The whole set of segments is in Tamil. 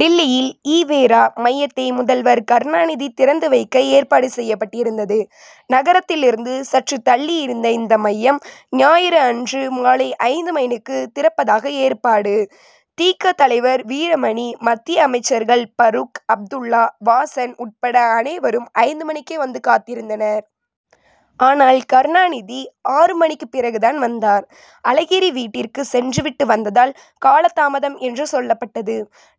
டில்லியில் ஈ. வே. ரா., மையத்தை முதல்வர் கருணாநிதி திறந்து வைக்க ஏற்பாடு செய்யப்பட்டிருந்தது. நகரத்திலிருந்து சற்று தள்ளியிருந்த இந்த மையம், ஞாயிறு அன்று மாலை ஐந்து மணிக்கு திறப்பதாக ஏற்பாடு. தி. க., தலைவர் வீரமணி, மத்திய அமைச்சர்கள் பரூக் அப்துல்லா, வாசன் உட்பட அனைவரும் ஐந்து மணிக்கே வந்து காத்திருந்தனர். ஆனால், கருணாநிதி ஆறு மணிக்குப் பிறகு தான் வந்தார். அழகிரி வீட்டிற்கு சென்று விட்டு வந்ததால் கால தாமதம் என்று சொல்லப்பட் டது.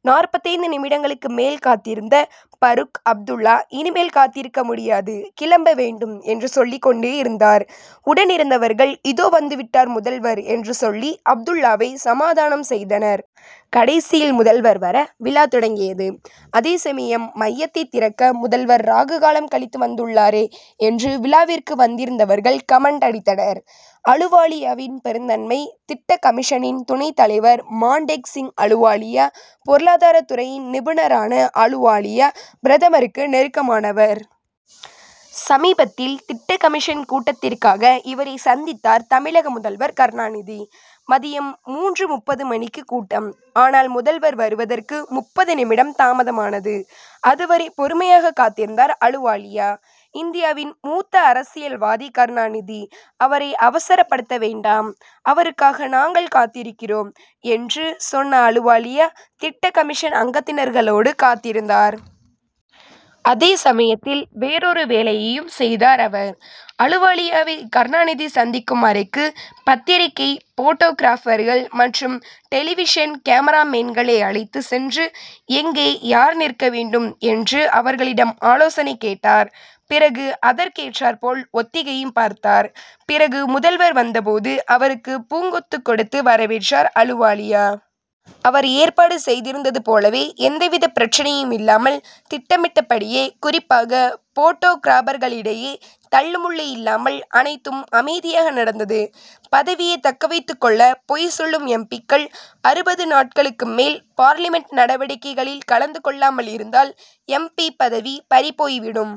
நாற்பத்தைந்து நிமிடங்களுக்கு மேல் காத்திருந்த பரூக் அப்துல்லா, 'இனிமேல் காத்திருக்க முடியாது, கிளம்ப வேண்டும்' என்று சொல்லிக் கொண்டேயிருந்தார். உடன் இருந்தவர்கள், இதோ வந்துவிட்டார் முதல்வர் என்று சொல்லி அப்துல்லாவை சமாதானம் செய்தனர். கடைசியில் முதல்வர் வர, விழா தொடங்கியது. அதே சமயம், மையத்தைத் திறக்க முதல்வர் ராகு காலம் கழித்து வந்துள்ளாரே என்று விழாவிற்கு வந்திருந்தவர்கள் கமென்ட் அடித்தனர். அலுவாலியாவின் பெருந்தன்மை: திட்டக் கமிஷனின் துணைத் தலைவர் மான்டேக் சிங் அலுவாலியா. பொருளாதாரத் துறையின் நிபுணரான அலுவாலியா, பிரதமருக்கு நெருக்கமானவர். சமீபத்தில், திட்டக் கமிஷன் கூட்டத்திற்காக இவரை சந்தித்தார் தமிழக முதல்வர் கருணாநிதி. மதியம் மூன்று.முப்பது மணிக்கு கூட்டம். ஆனால், முதல்வர் வருவதற்கு முப்பது நிமிடம் தாமதமானது. அதுவரை பொறுமையாக காத்திருந்தார் அலுவாலியா. 'இந்தியாவின் மூத்த அரசியல்வாதி கருணாநிதி, அவரை அவசரப்படுத்த வேண்டாம், அவருக்காக நாங்கள் காத்திருக்கிறோம்' என்று சொன்ன அலுவாலியா, திட்டக்கமிஷன் அங்கத்தினர்களோடு காத்திருந்தார். அந்த சமயத்தில் வேறொரு வேலையையும் செய்தார் அவர். அலுவாலியாவை கருணாநிதி சந்திக்கும் அறைக்கு பத்திரிகை போட்டோகிராபர்கள் மற்றும் டெலிவிஷன் கேமராமேன்களை அழைத்துச் சென்று, எங்கே, யார் நிற்க வேண்டும்' என்று அவர்களிடம் ஆலோசனை கேட்டார். பிறகு அதற்கேற்றாற்போல் ஒத்திகையும் பார்த்தார். பிறகு முதல்வர் வந்தபோது, அவருக்கு பூங்கொத்து கொடுத்து வரவேற்றார் அலுவாலியா. அவர் ஏற்பாடு செய்திருந்தது போலவே எந்தவித பிரச்னையும் இல்லாமல் திட்டமிட்டபடியே, குறிப்பாக போட்டோகிராபர்களிடையே தள்ளுமுள்ளு இல்லாமல், அனைத்தும் அமைதியாக நடந்தது. பதவியை தக்கவைத்துக் கொள்ள பொய் சொல்லும் எம். பி.,க்கள்: அறுபது நாட்களுக்கு மேல் பார்லிமென்ட் நடவடிக்கைகளில் கலந்து கொள்ளாமல் இருந்தால் எம். பி., பதவி பறிபோய்விடும்.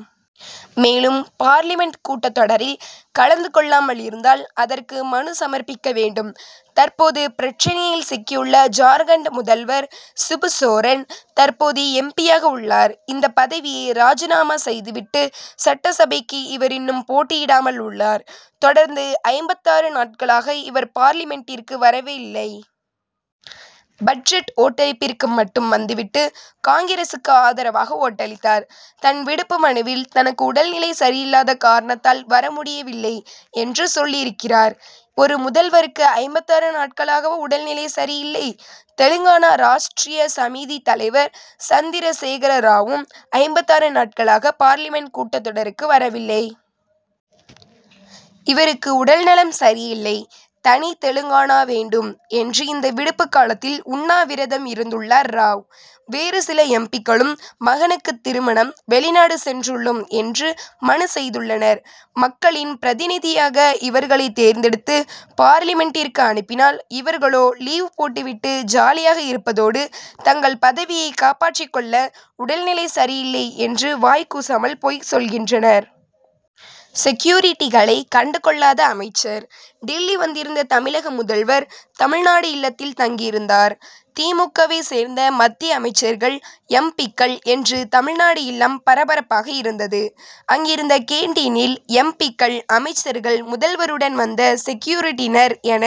மேலும், பார்லிமென்ட் கூட்டத் தொடரில் கலந்து கொள்ளாமல் இருந்தால், அதற்கு மனு சமர்ப்பிக்க வேண்டும். தற்போது பிரச்னையில், சிக்கியுள்ள ஜார்க்கண்ட் முதல்வர் சிபு சோரன் தற்போது எம். பி.,யாக உள்ளார். இந்த பதவியை ராஜினாமா செய்துவிட்டு, சட்டசபைக்கு இவர் இன்னும் போட்டியிடாமல் உள்ளார். தொடர்ந்து ஐம்பத்தாறு நாட்களாக இவர் பார்லிமென்டிற்கு வரவே இல்லை. பட்ஜெட் ஓட்டளிப்பிற்கு மட்டும் வந்துவிட்டு காங்கிரசுக்கு ஆதரவாக ஓட்டளித்தார். தன் விடுப்பு மனுவில், தனக்கு உடல்நிலை சரியில்லாத காரணத் தால் வரமுடியவில்லை என்று சொல்லியிருக்கிறார். ஒரு முதல்வருக்கு ஐம்பத்தாறு நாட்களாகவா உடல்நிலை சரியில்லை? தெலுங்கானா ராஷ்ட்ரிய சமிதி தலைவர் சந்திரசேகர ராவும் ஐம்பத்தாறு நாட்களாக பார்லிமென்ட் கூட்டத் தொடருக்கு வரவில்லை. இவருக்கும் உடல்நலம் சரியில்லை. தனி தெலுங்கானா வேண்டும் என்று இந்த விடுப்பு காலத்தில் உண்ணாவிரதம் இருந்துள்ளார் ராவ். வேறு சில எம். பி.,க்களும், மகனுக்கு திருமணம் வெளிநாடு சென்றுள்ளோம் என்று மனு செய்துள்ளனர். மக்களின் பிரதிநிதியாக இவர்களை தேர்ந்தெடுத்து, பார்லிமென்டிற்கு அனுப்பினால், இவர்களோ லீவ் போட்டுவிட்டு ஜாலியாக இருப்பதோடு, தங்கள் பதவியை காப்பாற்றிக் கொள்ள உடல்நிலை சரியில்லை என்று வாய் கூசாமல் பொய் சொல்கின்றனர். செக்யூரிட்டிகளை கண்டுகொள்ளாத அமைச்சர்: டில்லி வந்திருந்த தமிழக முதல்வர், தமிழ்நாடு இல்லத்தில் தங்கியிருந்தார். தி. மு. க.,வைச் சேர்ந்த மத்திய அமைச்சர்கள், எம். பி.,க்கள் என்று தமிழ்நாடு இல்லம் பரபரப்பாக இருந்தது. அங்கிருந்த கேன்டீனில் எம். பி.,க்கள், அமைச்சர்கள், முதல்வருடன் வந்த செக்யூரிட்டியினர் என